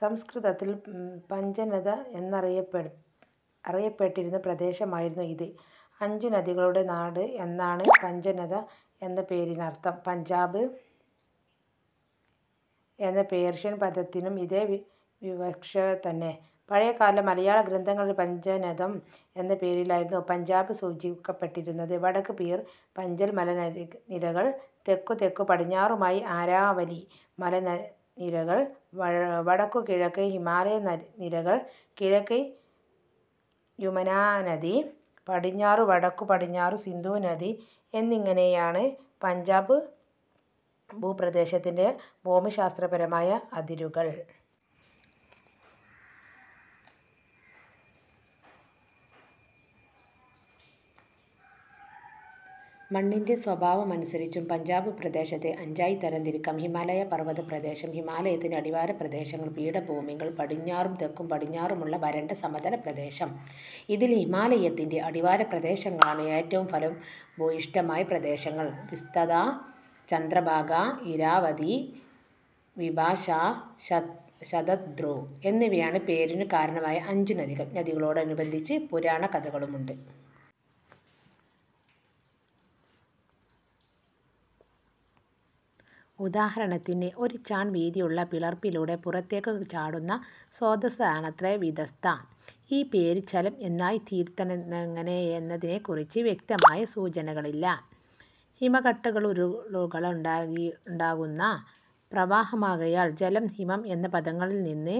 സംസ്കൃതത്തിൽ പഞ്ചനദഃ എന്നറിയപ്പെട്ടിരുന്ന പ്രദേശമായിരുന്നു ഇത്. അഞ്ചു നദികളുടെ നാട് എന്നാണ് പഞ്ചനദഃ എന്ന പേരിനർഥം. പഞ്ചാബ് എന്ന പേർഷ്യൻ പദത്തിനും ഇതേ വിവക്ഷ തന്നെ. പഴയകാല മലയാള ഗ്രന്ഥങ്ങളിൽ പഞ്ചനദം എന്നപേരിലായിരുന്നു പഞ്ചാബ് സൂചിപ്പിക്കപ്പെട്ടിരുന്നത്. വടക്ക് പീർ-പഞ്ചൽ മലനിരകൾ, തെക്കും തെക്കു പടിഞ്ഞാറുമായി അരാവലി മലനിരകൾ, വടക്കുകിഴക്ക് ഹിമാലയൻ നിരകൾ, കിഴക്ക് യുമനാനദി പടിഞ്ഞാറും വടക്കു പടിഞ്ഞാറും സിന്ധു നദി എന്നിങ്ങനെയാണ് പഞ്ചാബ് ഭൂപ്രദേശത്തിന്റെ ഭൂമിശാസ്ത്രപരമായ അതിരുകൾ.,. മണ്ണിന്റെ സ്വഭാവമനുസരിച്ചും പഞ്ചാബ് പ്രദേശത്തെ അഞ്ചായി തരംതിരിക്കാം. ഹിമാലയ പർവതപ്രദേശം, ഹിമാലയത്തിന്റെ അടിവാരപ്രദേശങ്ങൾ, പീഠഭൂമികൾ, പടിഞ്ഞാറും തെക്കു പടിഞ്ഞാറുമുള്ള വരണ്ട സമതല പ്രദേശം. ഇതിൽ ഹിമാലയത്തിന്റെ അടിവാരപ്രദേശങ്ങളാണ് ഏറ്റവും ഫലഭൂയിഷ്ഠമായ പ്രദേശങ്ങൾ. വിതസ്താ, ചന്ദ്രഭാഗാ, ഇരാവതീ, വിപാശാ, ശതദ്രുഃ എന്നിവയാണ് പേരിനു കാരണമായ അഞ്ചുനദികൾ. നദികളോടനുബന്ധിച്ച് പുരാണകഥകളുമുണ്ട്. ഉദാഹരണത്തിന് ഒരു ചാൺ വീതിയുള്ള പിളർപ്പിലൂടെ പുറത്തേക്കു ചാടുന്ന സ്രോതസ്സാണത്രെ വിതസ്ത. ഈ പേര് ഝലം എന്നായിത്തീർത്തനെങ്ങനെയെന്നതിനെക്കുറിച്ച് വ്യക്തമായ സൂചനകളില്ല. ഹിമക്കട്ടകളുരുകിയുണ്ടാകുന്ന പ്രവാഹമാകയാൽ ജലം, ഹിമം എന്ന പദങ്ങളിൽ നിന്ന്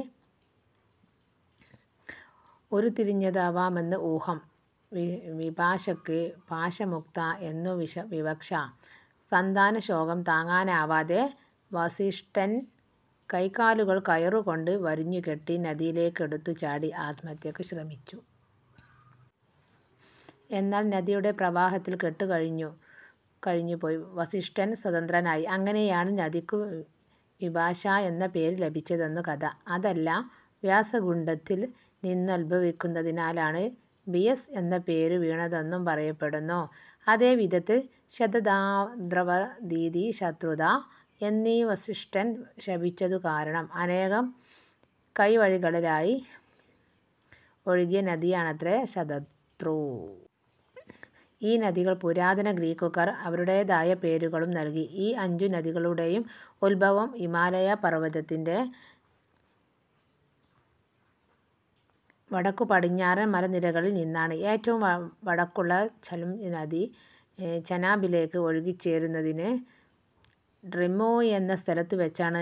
ഉരുത്തിരിഞ്ഞതാവാമെന്ന് ഊഹം. വിപാശക്ക് പാശമുക്ത എന്നു വിവക്ഷ. സന്താനശോകം താങ്ങാനാവാതെ വസിഷ്ഠൻ കൈകാലുകൾ കയറു കൊണ്ട് വരിഞ്ഞുകെട്ടി നദിയിലേക്കെടുത്തു ചാടി ആത്മഹത്യക്കു ശ്രമിച്ചു. എന്നാൽ നദിയുടെ പ്രവാഹത്തിൽ കെട്ടുകളഴിഞ്ഞു പോയി, വസിഷ്ഠൻ സ്വതന്ത്രനായി. അങ്ങനെയാണ് നദിക്കു വിപാശാ എന്ന പേര് ലഭിച്ചതെന്നു കഥ. അതല്ല വ്യാസകുണ്ഡത്തിൽ നിന്നുദ്ഭവിക്കുന്നതിനാലാണ് ബിയസ് എന്ന പേരു വീണതെന്നും പറയപ്പെടുന്നു. അതേവിധത്തിൽ ശതദാ ദ്രവതീതി ശതദ്രുഃ എന്ന് വസ്ഷ്ഠൻ ശപിച്ചതു കാരണം അനേകം കൈവഴികളായി ഒഴുകിയ നദിയാണത്രെ ശതദ്രു. ഈ നദികൾക്ക് പുരാതന ഗ്രീക്കുകാർ അവരുടേതായ പേരുകളും നല്കി. ഈ അഞ്ചു നദികളുടേയും ഉദ്ഭവം ഹിമാലയ പർവതത്തിന്റെ വടക്കുപടിഞ്ഞാറൻ മലനിരകളിൽ നിന്നാണ്. ഏറ്റവും വടക്കുള്ള ഝലം നദി ചെനാബിലേക്ക് ഒഴുകുച്ചേരുന്നത് ട്രിമ്മു എന്ന സ്ഥലത്തുവെച്ചാണ്.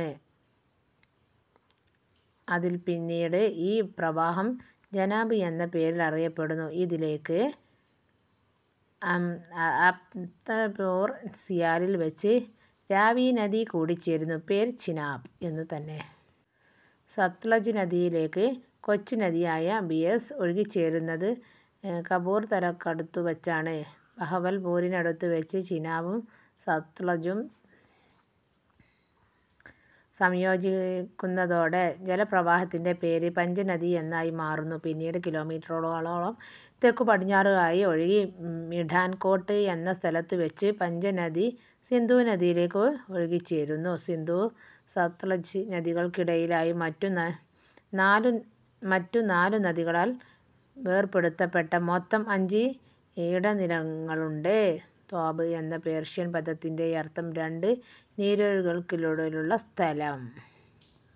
അതില്പിന്നീട് ഈ പ്രവാഹം ചെനാബ് എന്ന പേരിൽ അറിയപ്പെടുന്നു. ഇതിലേക്ക് അഹ്മദിപൂർ സിയാലിൽ വെച്ച് രാവി നദി കൂടിച്ചേരുന്നു, പേര് ചിനാബ് എന്നു തന്നെ. സത്ലജ് നദിയിലേക്ക് കൊച്ചു നദിയായ ബിയസ് ഒഴുകിച്ചേരുന്നത് കപൂർതലക്കടുത്തു വെച്ചാണ്. ബഹവൽപൂരിനടുത്തു വെച്ച് ചിനാബും സത്ലജും സംയോജിക്കുന്നതോടെ ജലപ്രവാഹത്തിന്റെ പേര് പഞ്ചനദിഎന്നായി മാറുന്നു. പിന്നീട് കിലോമീറ്ററോളം തെക്കു പടിഞ്ഞാറായി ഒഴുകി മിഠാൻകോട്ട് എന്ന സ്ഥലത്തുവെച്ച് പഞ്ചനദി, സിന്ധുനദിയിലേക്ക് ഒഴുകിച്ചേരുന്നു. സിന്ധു-സത്ലജ് നദികൾക്കിടയിലായി മറ്റു നാലുനദികളാൽ വേർപെടുത്തപ്പെട്ട മൊത്തം അഞ്ച് ഇടനിലങ്ങളുണ്ട്. ദ്വാബ് എന്ന പേർഷ്യൻ പദത്തിന്റെയർഥം രണ്ട് നീരൊഴുക്കുകൾക്കിടയിലുള്ള സ്ഥലം